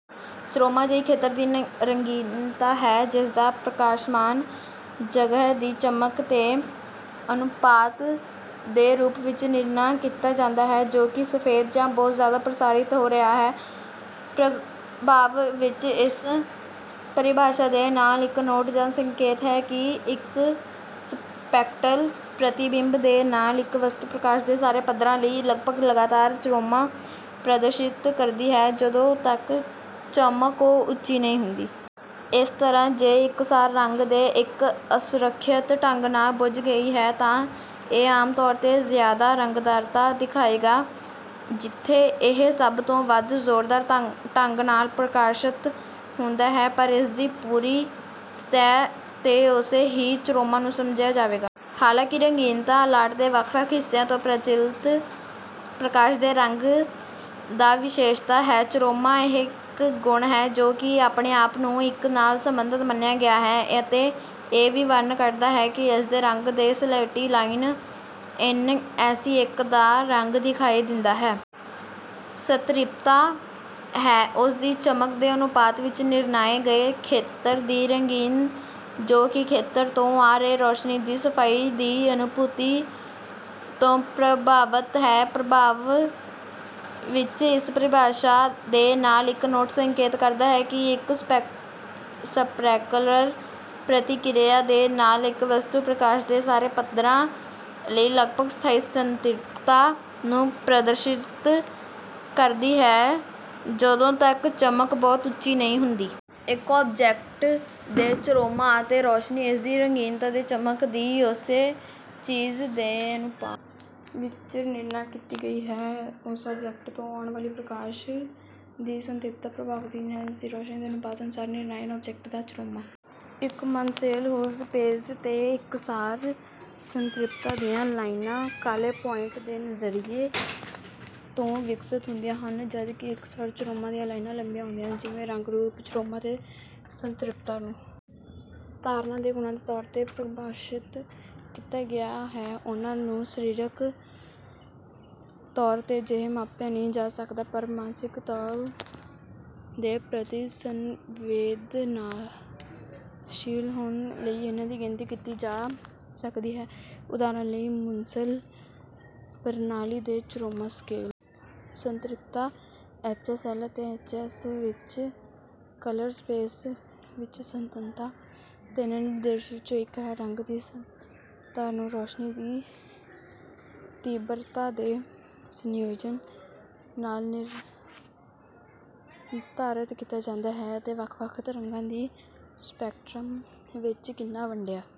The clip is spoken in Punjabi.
ਚਰੋਮਾ ਅਜਿਹੀ ਖੇਤਰ ਦੀ ਰੰਗੀਨਤਾ ਹੈ ਜਿਸਦਾ ਪ੍ਰਕਾਸ਼ਮਾਨ ਜਗਹ ਦੀ ਚਮਕ ਦੇ ਅਨੁਪਾਤ ਦੇ ਰੂਪ ਵਿੱਚ ਨਿਰਣਾ ਕੀਤਾ ਜਾਂਦਾ ਹੈ ਜੋ ਕਿ ਸਫੈਦ ਜਾਂ ਬਹੁਤ ਜ਼ਿਆਦਾ ਪ੍ਰਸਾਰਿਤ ਹੋ ਰਿਹਾ ਹੈ। ਪ੍ਰਭਾਵ ਵਿੱਚ ਇਸ ਪਰਿਭਾਸ਼ਾ ਦੇ ਨਾਲ ਇੱਕ ਨੋਟ ਦਾ ਸੰਕੇਤ ਹੈ ਕਿ ਇੱਕ ਸਪ੍ਰੈਕਟਲ ਪ੍ਰਤੀਬਿੰਬ ਦੇ ਨਾਲ ਇੱਕ ਵਸਤੂ ਪ੍ਰਕਾਸ਼ ਦੇ ਸਾਰੇ ਪੱਧਰਾਂ ਲਈ ਲਗਭਗ ਲਗਾਤਾਰ ਚਰੋਮਾ ਪ੍ਰਦਰਸ਼ਿਤ ਕਰਦੀ ਹੈ ਜਦੋਂ ਤੱਕ ਚਮਕ ਬਹੁਤ ਉੱਚੀ ਨਹੀਂ ਹੁੰਦੀ। ਇਸ ਤਰ੍ਹਾਂ ਜੇ ਇਕਸਾਰ ਰੰਗ ਦੇ ਇੱਕ ਅਸੁਰੱਖਿਅਤ ਢੰਗ ਨਾਲ ਬੁਝ ਗਈ ਹੈ ਤਾਂ ਇਹ ਆਮ ਤੌਰ ਤੇ ਜ਼ਿਆਦਾ ਰੰਗਦਾਰਤਾ ਦਿਖਾਏਗਾ ਜਿਥੇ ਇਹ ਸਭ ਤੋਂ ਵੱਧ ਜ਼ੋਰਦਾਰ ਢੰਗ ਨਾਲ ਪ੍ਰਕਾਸ਼ਤ ਹੁੰਦਾ ਹੈ ਪਰ ਇਸਦੀ ਪੂਰੀ ਸਤਿਹ ਤੇ ਉਸੇ ਹੀ ਚਰੋਮਾ ਨੂੰ ਸਮਝਿਆ ਜਾਵੇਗਾ। ਹਾਲਾਂਕਿ ਰੰਗੀਨਤਾ ਅਲਾਟ ਦੇ ਵੱਖ ਵੱਖ ਹਿੱਸਿਆਂ ਤੋਂ ਪ੍ਰਚੱਲਿਤ ਪ੍ਰਕਾਸ਼ ਦੇ ਰੰਗ ਦਾ ਵਿਸ਼ੇਸ਼ਤਾ ਹੈ ਚਰੋਮਾ ਇੱਕ ਗੁਣ ਹੈ ਜੋ ਕਿ ਆਪਣੇ ਆਪ ਨੂੰ ਇੱਕ ਨਾਲ ਸਬੰਧਤ ਮੰਨਿਆ ਗਿਆ ਹੈ ਅਤੇ ਇਹ ਵੀ ਵਰਨ ਕਰਦਾ ਹੈ ਕਿ ਇਸਦੇ ਰੰਗ ਦੇ ਸਲੇਟੀ ਲਾਈਟ ਇਨ ਐਸੇ ਇੱਕ ਦਾ ਰੰਗ ਦਿਖਾਈ ਦਿੰਦਾ ਹੈ। ਸਤ੍ਰਿਪਤਾ ਹੈ ਉਸ ਦੀ ਚਮਕ ਦੇ ਅਨੁਪਾਤ ਵਿੱਚ ਨਿਰਣਾਏ ਗਏ ਖੇਤਰ ਦੀ ਰੰਗੀਨ ਜੋ ਕਿ ਖੇਤਰ ਤੋਂ ਆ ਰਹੇ ਰੌਸ਼ਨੀ ਦੀ ਸਫਾਈ ਦੀ ਅਨੁਭੂਤੀ ਤੋਂ ਪ੍ਰਭਾਵਤ ਹੈ। ਪ੍ਰਭਾਵ ਵਿੱਚ ਇਸ ਪਰਿਭਾਸ਼ਾ ਦੇ ਨਾਲ ਇੱਕ ਨੋਟ ਸੰਕੇਤ ਕਰਦਾ ਹੈ ਕਿ ਇੱਕ ਸਪ੍ਰੈਕਲਰ ਪ੍ਰਤੀਕਿਰਿਆ ਦੇ ਨਾਲ ਇੱਕ ਵਸਤੂ ਪ੍ਰਕਾਸ਼ ਦੇ ਸਾਰੇ ਪੱਧਰਾਂ ਲਈ ਲਗਭਗ ਸਥਾਈ ਸੰਤ੍ਰਿਪਤਾ ਨੂੰ ਪ੍ਰਦਰਸ਼ਿਤ ਕਰਦੀ ਹੈ ਜਦੋਂ ਤੱਕ ਚਮਕ ਬਹੁਤ ਉੱਚੀ ਨਹੀਂ ਹੁੰਦੀ। ਇੱਕ ਆਬਜੈਕਟ ਦੇ ਚਰੋਮਾ ਅਤੇ ਰੋਸ਼ਨੀ ਇਸਦੀ ਰੰਗੀਨਤਾ ਅਤੇ ਚਮਕ ਦੀ ਉਸੇ ਚੀਜ਼ ਦੇ ਅਨੁਪਾਤ ਵਿੱਚ ਨਿਰਣਾ ਕੀਤੀ ਗਈ ਹੈ ਉਸ ਆਬਜੈਕਟ ਤੋਂ ਆਉਣ ਵਾਲੀ ਪ੍ਰਕਾਸ਼ ਦੀ ਸੰਤ੍ਰਿਪਤਾ ਪ੍ਰਭਾਵ ਅਧੀਨ ਹੈ ਇਸਦੀ ਰੌਸ਼ਨੀ ਦੇ ਅਨੁਪਾਤ ਅਨੁਸਾਰ ਨਿਰਣਾਇਕ ਆਬਜੈਕਟ ਦਾ ਚਰੋਮਾ। ਇੱਕ ਮਨਸੇਲ ਹੂਜ਼ ਪੇਜ ਤੇ ਇਕਸਾਰ ਸੰਤ੍ਰਿਪਤਾ ਦੀਆਂ ਲਾਈਨਾਂ ਕਾਲੇ ਪੁਆਇੰਟ ਦੇ ਨਜ਼ਰੀਏ ਤੋਂ ਵਿਕਸਤ ਹੁੰਦੀਆਂ ਹਨ ਜਦ ਕਿ ਇਕਸਾਰ ਚਰੋਮਾ ਦੀਆਂ ਲਾਈਨਾਂ ਲੰਬੀਆਂ ਹੁੰਦੀਆਂ ਹਨ। ਜਿਵੇਂ ਰੰਗ ਰੂਪ ਚਰੋਮਾ ਅਤੇ ਸੰਤ੍ਰਿਪਤਾ ਨੂੰ ਧਾਰਨਾ ਦੇ ਗੁਣਾਂ ਦੇ ਤੌਰ ਤੇ ਪ੍ਰਭਾਸ਼ਿਤ ਕੀਤਾ ਗਿਆ ਹੈ ਉਨ੍ਹਾਂ ਨੂੰ ਸਰੀਰਕ ਤੌਰ ਤੇ ਅਜਿਹੇ ਮਾਪਿਆ ਨਹੀਂ ਜਾ ਸਕਦਾ ਪਰ ਮਾਨਸਿਕ ਤੋਲ ਦੇ ਪ੍ਰਤੀ ਸੰਵੇਦਨਾਸ਼ੀਲ ਹੋਣ ਲਈ ਇਹਨਾਂ ਦੀ ਗਿਣਤੀ ਕੀਤੀ ਜਾ ਸਕਦੀ ਹੈ ਉਦਾਹਰਨ ਲਈ ਮੁਨਸਲ ਪ੍ਰਣਾਲੀ ਦੇ ਚਰੋਮਾ ਸਕੇਲ। ਸੰਤ੍ਰਿਪਤਾ ਐਚਐਸਐਲ ਅਤੇ H S V colour space ਵਿੱਚ ਸਤੰਨਤਾ ਤਿੰਨ ਨਿਰਦੇਸ਼ਾਂ ਵਿੱਚੋਂ ਇੱਕ ਹੈ। ਰੰਗ ਦੀ ਸੰਤ੍ਰਿਪਤਾ ਨੂੰ ਰੌਸ਼ਨੀ ਦੀ ਤੀਬਰਤਾ ਦੇ ਸੰਯੋਜਨ ਨਾਲ ਨਿਰਧਾਰਤ ਕੀਤਾ ਜਾਂਦਾ ਹੈ ਅਤੇ ਵੱਖ ਵੱਖ ਤਰੰਗਾਂ ਦੀ ਸਪੈਕਟ੍ਰਮ ਵਿੱਚ ਕਿੰਨਾ ਵੰਡਿਆ